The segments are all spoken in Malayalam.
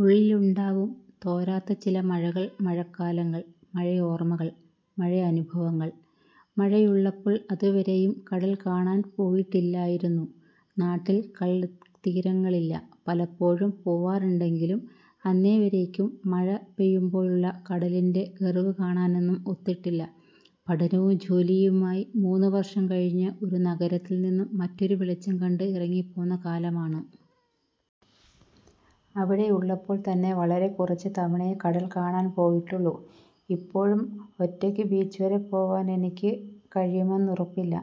ഉള്ളിലുണ്ടാവും, തോരാതെ ചില മഴകൾ. മഴക്കാലങ്ങള്‍. മഴയോർമ്മകൾ. മഴയനുഭവങ്ങൾ. മഴയുള്ളപ്പോൾ അതുവരെയും കടല്‍ കാണാന്‍ പോയിട്ടില്ലായിരുന്നു. നാട്ടില്‍ കടല്‍ത്തീരങ്ങളില്ല പലപ്പോഴും പോവാറുണ്ടെങ്കിലും അന്നേവരേയ്ക്കും മഴ പെയ്യുമ്പോഴുള്ള കടലിന്‍റെ ഗര്‍വ്വ് കാണാനൊന്നും ഒത്തിട്ടില്ല. പഠനവും ജോലിയുമായി മൂന്ന് വര്‍ഷം കഴിഞ്ഞ ഒരു നഗരത്തില്‍ നിന്ന് മറ്റൊരു വെളിച്ചം കണ്ട് ഇറങ്ങിപ്പോന്ന കാലമാണ്. അവിടെയുള്ളപ്പോൾ തന്നെ വളരെ കുറച്ചു തവണയേ കടല്‍ കാണാന്‍ പോയിട്ടുള്ളൂ. ഇപ്പോഴും ഒറ്റയ്ക്കാ ബീച്ചുവരെ പോവാനെനിക്ക് കഴിയുമെന്നുറപ്പില്ല,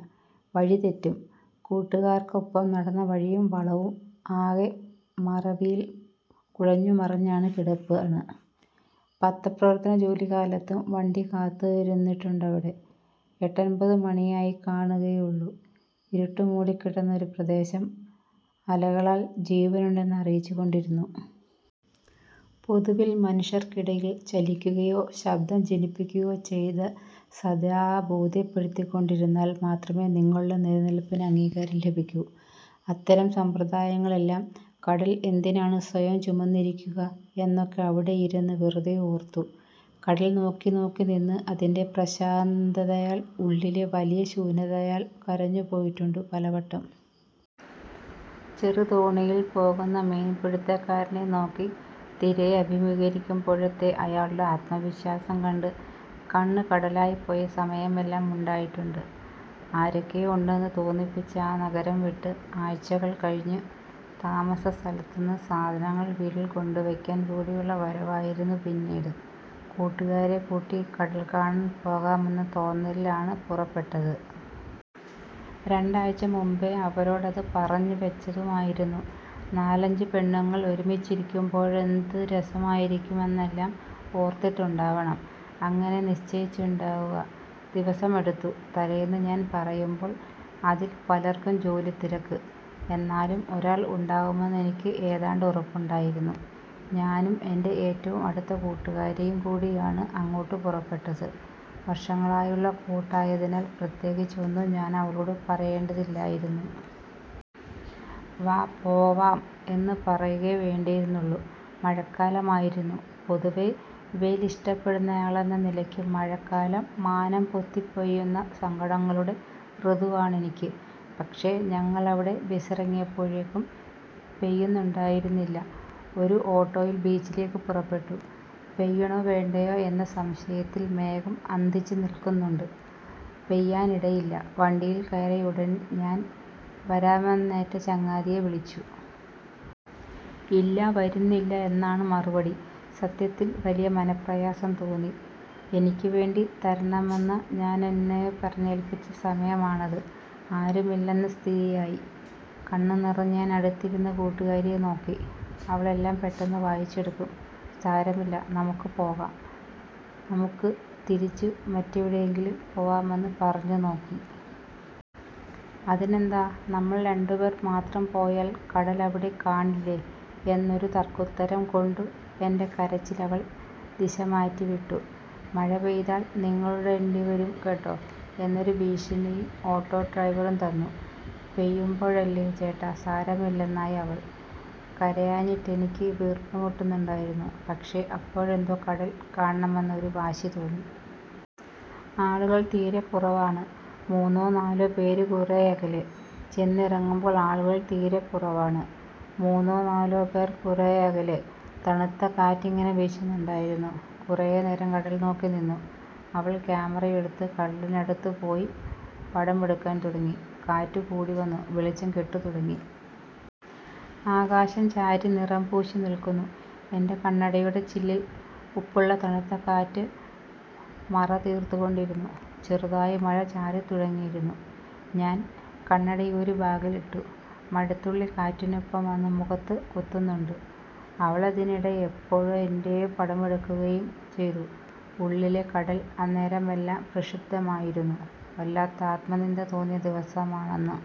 വഴിതെറ്റും. കൂട്ടുകാര്‍ക്ക്ഒപ്പം നടന്ന വഴിയും വളവും ആകെ മറവിയില്‍ കുഴഞ്ഞുമറിഞ്ഞ് കിടപ്പാണ്. പത്രപ്രവർത്തനജോലിക്കാലത്ത് വണ്ടി കാത്തിരുന്നിട്ടുണ്ടവിടെ. എട്ടൊൻപത് മണിയായിക്കാണുകയേയുള്ളൂ, ഇരുട്ടു മൂടി കിടന്ന ഒരു പ്രദേശം അലകളാല്‍ ജീവനുണ്ടെന്നറിയിച്ചുകൊണ്ടിരുന്നു. പൊതുവിൽ മനുഷ്യര്‍ക്കിടയില്‍ ചലിക്കുകയോ ശബ്ദം ജനിപ്പിക്കുകയോ ചെയ്ത് സദാ ബോധ്യപ്പെടുത്തിക്കൊണ്ടിരുന്നാൽ മാത്രമേ നിങ്ങളുടെ നിലനില്‍പ്പിന് അംഗീകാരം ലഭിക്കൂ. അത്തരം സമ്പ്രദായങ്ങളെല്ലാം കടല്‍ എന്തിനാണ് സ്വയം ചുമന്നിരിക്കുക എന്നൊക്കെ അവിടെയിരുന്ന് വെറുതെ ഓര്‍ത്തു. കടൽ നോക്കി നോക്കി നിന്ന് അതിന്‍റെ പ്രശാന്തതയാൽ, ഉള്ളിലെ വലിയ ശൂന്യതയാല്‍ കരഞ്ഞുപോയിട്ടുണ്ട് പലവട്ടം. ചെറു തോണിയില്‍ പോകുന്ന മീൻ പിടുത്തക്കാരനെ നോക്കി, തിരയെ അഭിമുഖീകരിക്കുമ്പോഴത്തെ അയാളുടെ ആത്മവിശ്വാസം കണ്ട് കണ്ണ് കടലായി പോയ സമയമെല്ലാം ഉണ്ടായിട്ടുണ്ട്. ആരൊക്കെയോ ഉണ്ടെന്ന് തോന്നിപ്പിച്ച ആ നഗരം വിട്ട് ആഴ്ചകള്‍ കഴിഞ്ഞ്, താമസസ്ഥലത്തുനിന്ന് സാധനങ്ങള്‍ വീട്ടില്‍ കൊണ്ടുവെക്കാന്‍ കൂടിയുള്ള വരവായിരുന്നു പിന്നീട്. കൂട്ടുകാരെ കൂട്ടി കടല്‍ കാണാന്‍ പോകാമെന്ന തോന്നലിലാണ് പുറപ്പെട്ടത്. രണ്ടാഴ്ച മുമ്പേ അവരോടത് പറഞ്ഞുവെച്ചതുമായിരുന്നു. നാലഞ്ച് പെണ്ണുങ്ങള്‍ ഒരുമിച്ചിരിക്കുമ്പോഴെന്ത് രസമായിരിക്കുമെന്നെല്ലാം ഓര്‍ത്തിട്ടാവണം അങ്ങനെ നിശ്ചയിച്ചിട്ടുണ്ടാവുക. ദിവസമടുത്തു. തലേന്ന് ഞാന്‍ പറയുമ്പോള്‍ അതില്‍ പലര്‍ക്കും ജോലിത്തിരക്ക്. എന്നാലും ഒരാള്‍ ഉണ്ടാവുമെന്ന് എനിക്ക് ഏതാണ്ട് ഉറപ്പുണ്ടായിരുന്നു. ഞാനും എന്‍റെ ഏറ്റവും അടുത്ത കൂട്ടുകാരിയും കൂടിയാണ് അങ്ങോട്ട് പുറപ്പെട്ടത്. വര്‍ഷങ്ങളായുള്ള കൂട്ടായതിനാൽ പ്രത്യേകിച്ച് ഒന്നും ഞാനവളോട് പറയേണ്ടതില്ലായിരുന്നു. വാ പോവാം എന്ന് പറയുകയേ വേണ്ടിയിരുന്നുള്ളൂ. മഴക്കാലമായിരുന്നു. പൊതുവെ വെയിലിഷ്ടപ്പെടുന്നയാളെന്ന നിലയ്ക്ക് മഴക്കാലം മാനം പൊത്തിപ്പെയ്യുന്ന സങ്കടങ്ങളുടെ ഋതുവാണെനിക്ക്. പക്ഷെ ഞങ്ങളവിടെ ബസിറങ്ങിയപ്പോഴൊന്നും പെയ്യുന്നുണ്ടായിരുന്നില്ല. ഒരു ഓട്ടോയില്‍ ബീച്ചിലേക്ക് പുറപ്പെട്ടു. പെയ്യണോ വേണ്ടയോ എന്ന സംശയത്തില്‍ മേഘം അന്തിച്ചു നില്‍ക്കുന്നുണ്ട്. പെയ്യാനിടയില്ല. വണ്ടിയില്‍ കയറിയ ഉടന്‍ ഞാന്‍ വരാമെന്നേറ്റ ചങ്ങാതിയെ വിളിച്ചു. ഇല്ല വരുന്നില്ല എന്നാണ് മറുപടി. സത്യത്തില്‍ വലിയ മനപ്രയാസം തോന്നി. എനിക്ക് വേണ്ടി തരണമെന്ന് ഞാനെന്നോ പറഞ്ഞേൽപ്പിച്ച സമയമാണത്. ആരുമില്ലെന്ന സ്ഥിതിയായി. കണ്ണ് നിറഞ്ഞ് ഞാന്‍ അടുത്തിരുന്ന കൂട്ടുകാരിയെ നോക്കി. അവളെല്ലാം പെട്ടെന്ന് വായിച്ചെടുക്കും. സാരമില്ല. നമുക്ക് പോകാം. നമുക്ക് തിരിച്ചു മറ്റെവിടെയെങ്കിലും പോവാമെന്ന് പറഞ്ഞുനോക്കി. അതിനെന്താ നമ്മള്‍ രണ്ടുപേര്‍ മാത്രം പോയാല്‍ കടലവിടെ കാണില്ലേ എന്നൊരു തര്‍ക്കുത്തരം കൊണ്ടു എന്‍റെ കരച്ചിലവൾ ദിശമാറ്റിവിട്ടു. മഴ പെയ്താല്‍ നിങ്ങളോടേണ്ടിവരും കേട്ടോ എന്നൊരു ഭീഷണി ഓട്ടോ ഡ്രൈവറും തന്നു. പെയ്യുമ്പോഴല്ലേ ചേട്ടാ സാരമില്ലെന്നായി അവള്‍. കരയാഞ്ഞിട്ടെനിക്ക് വീർപ്പുമുട്ടുന്നുണ്ടായിരുന്നു. പക്ഷെ അപ്പോഴെന്തോ കടല്‍ കാണണമെന്ന് ഒരു വാശി തോന്നി. ആളുകള്‍ തീരെ കുറവാണ്. മൂന്നോ നാലോ പേര് കുറേയകലെ. ചെന്നിറങ്ങുമ്പോൾ ആളുകള്‍ തീരെ കുറവാണ്. മൂന്നോ നാലോ പേർ കുറേയകലെ. തണുത്ത കാറ്റിങ്ങനെ വീശുന്നുണ്ടായിരുന്നു. കുറേ നേരം കടല്‍ നോക്കി നിന്നു. അവള്‍ ക്യാമറയെടുത്ത് കടലിനടുത്ത് പോയി പടമെടുക്കാന്‍ തുടങ്ങി. കാറ്റ് കൂടി വന്നു. വെളിച്ചം കെട്ടുതുടങ്ങി. ആകാശം ചാരനിറം പൂശി നില്‍ക്കുന്നു. എന്‍റെ കണ്ണടയുടെ ചില്ലില്‍ ഉപ്പുള്ള തണുത്ത കാറ്റ് മറ തീര്‍ത്തുകൊണ്ടിരുന്നു. ചെറുതായി മഴ ചാറിതുടങ്ങിയിരുന്നു. ഞാന്‍ കണ്ണടയൂരി ബാഗിലിട്ടു. മഴത്തുള്ളി കാറ്റിനൊപ്പം വന്ന് മുഖത്ത് കുത്തുന്നുണ്ട്. അവളതിനിടെ എപ്പോഴോ എന്‍റെയും പടമൊക്കെയെടുക്കുകയും ചെയ്തു. ഉള്ളിലെ കടല്‍ അന്നേരമെല്ലാം പ്രക്ഷുബ്ധമായിരുന്നു. വല്ലാത്ത ആത്മനിന്ദ തോന്നിയ ദിവസമാണന്ന്.